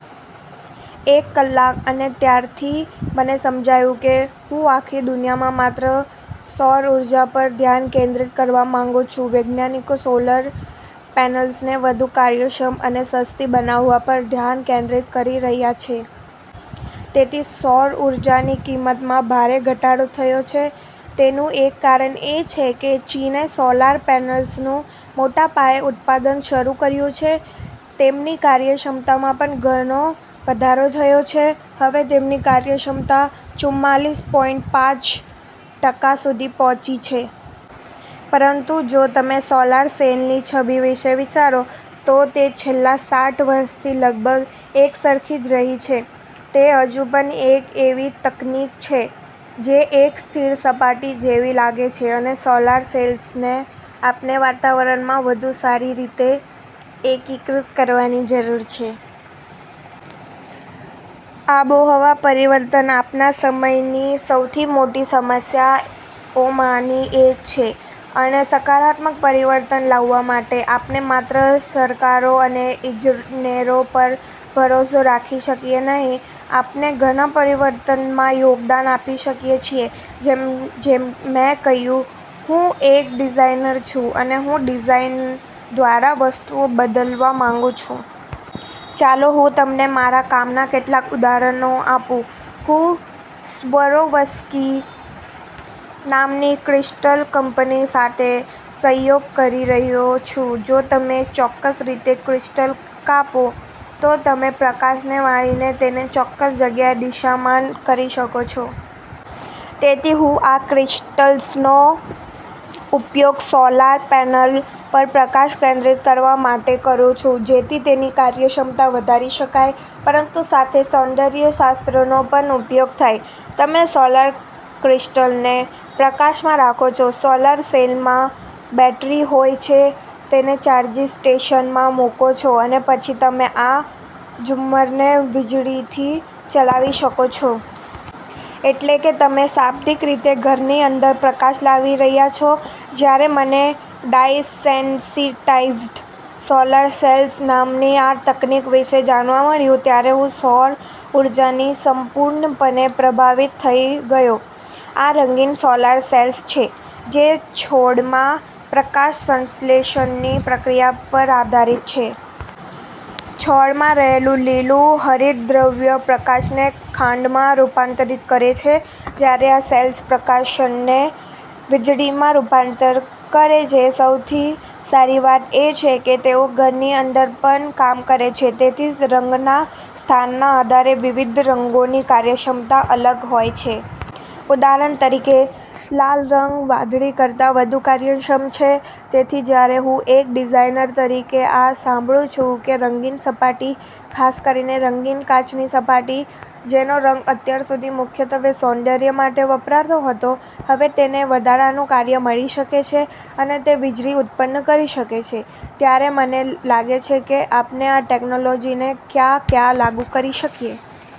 એક કલાક. અને ત્યારથી મને સમજાયું કે હું આખી દુનિયામાં માત્ર સૌર ઊર્જા પર ધ્યાન કેન્દ્રિત કરવા માંગુ છું. વૈજ્ઞાનિકો સોલાર પેનલ્સને વધુ કાર્યક્ષમ અને સસ્તી બનાવવા પર ધ્યાન કેન્દ્રિત કરી રહ્યા છે. તેથી સૌર ઊર્જાની કિંમતમાં ભારે ઘટાડો થયો છે. તેનું એક કારણ એ છે કે ચીને સોલાર પેનલ્સનું મોટા પાયે ઉત્પાદન શરૂ કર્યું છે. તેમની કાર્યક્ષમતામાં પણ ઘણો વધારો થયો છે. હવે તેમની કાર્યક્ષમતા ચુમ્માલીસ પોઇન્ટ પાંચ ટકા સુધી પહોંચી છે. પરંતુ જો તમે સોલાર સેલની છબી વિશે વિચારો, તો તે છેલ્લા સાઠ વર્ષથી લગભગ એકસરખી જ રહી છે. તે હજુ પણ એક એવી તકનીક છે, જે એક સ્થિર સપાટી જેવી લાગે છે. અને સોલાર સેલ્સને આપણા વાતાવરણમાં વધુ સારી રીતે એકીકૃત કરવાની જરૂર છે. આબોહવા પરિવર્તન આપણા સમયની સૌથી મોટી સમસ્યાઓમાંની એક છે. અને સકારાત્મક પરિવર્તન લાવવા માટે આપણે માત્ર સરકારો અને ઇજનેરો પર ભરોસો રાખી શકીએ નહીં. આપણે બધા પરિવર્તનમાં યોગદાન આપી શકીએ છીએ. જેમ મેં કહ્યું, હું એક ડિઝાઇનર છું અને હું ડિઝાઇન દ્વારા વસ્તુઓ બદલવા માંગું છું. ચાલો, હું તમને મારા કામનાં કેટલાક ઉદાહરણો આપું. હું સ્વારોવસ્કી નામની ક્રિસ્ટલ કંપની સાથે સહયોગ કરી રહ્યો છું. જો તમે ચોક્કસ રીતે ક્રિસ્ટલ કાપો, તો તમે પ્રકાશને વાળીને તેને ચોક્કસ જગ્યાએ દિશામાન કરી શકો છો. તેથી હું આ ક્રિસ્ટલ્સનો ઉપયોગ સોલાર પેનલ પર પ્રકાશ કેન્દ્રિત કરવા માટે કરું છું, જેથી તેની કાર્યક્ષમતા વધારી શકાય, પરંતુ સાથે સૌંદર્યશાસ્ત્રનો પણ ઉપયોગ થાય. તમે સોલાર ક્રિસ્ટલને પ્રકાશમાં રાખો છો, સોલાર સેલમાં બેટરી હોય છે, તેને ચાર્જિંગ સ્ટેશનમાં મૂકો છો અને પછી તમે આ ઝુમ્મરને વીજળીથી ચલાવી શકો છો. એટલે કે, તમે શાબ્દિક રીતે ઘરની અંદર પ્રકાશ લાવી રહ્યા છો. જ્યારે મને ડાઇ-સેન્સિટાઇઝ્ડ સોલાર સેલ્સ નામની આ તકનીક વિશે જાણવા મળ્યું, ત્યારે હું સૌર ઊર્જાથી સંપૂર્ણપણે પ્રભાવિત થઈ ગયો. આ રંગીન સોલાર સેલ્સ છે, જે છોડમાં પ્રકાશસંશ્લેષણની પ્રક્રિયા પર આધારિત છે. છોડમાં રહેલું લીલું હરિતદ્રવ્ય પ્રકાશને ખાંડમાં રૂપાંતરિત કરે છે, જ્યારે આ સેલ્સ પ્રકાશને વીજળીમાં રૂપાંતરિત કરે છે. સૌથી સારી વાત એ છે કે તેઓ ઘરની અંદર પણ કામ કરે છે. તેથી, રંગના સ્થાનના આધારે વિવિધ રંગોની કાર્યક્ષમતા અલગ હોય છે. ઉદાહરણ તરીકે, લાલ રંગ વાદળી કરતાં વધુ કાર્યક્ષમ છે. તેથી જ્યારે હું, એક ડિઝાઇનર તરીકે, આ સાંભળું છું કે રંગીન સપાટી, ખાસ કરીને રંગીન કાચની સપાટી, જેનો રંગ અત્યાર સુધી મુખ્યત્વે સૌંદર્ય માટે વપરાતો હતો, હવે તેને વધારાનું કાર્ય મળી શકે છે અને તે વીજળી ઉત્પન્ન કરી શકે છે, ત્યારે મને લાગે છે કે આપણે આ ટેક્નોલોજીને ક્યાં ક્યાં લાગુ કરી શકીએ...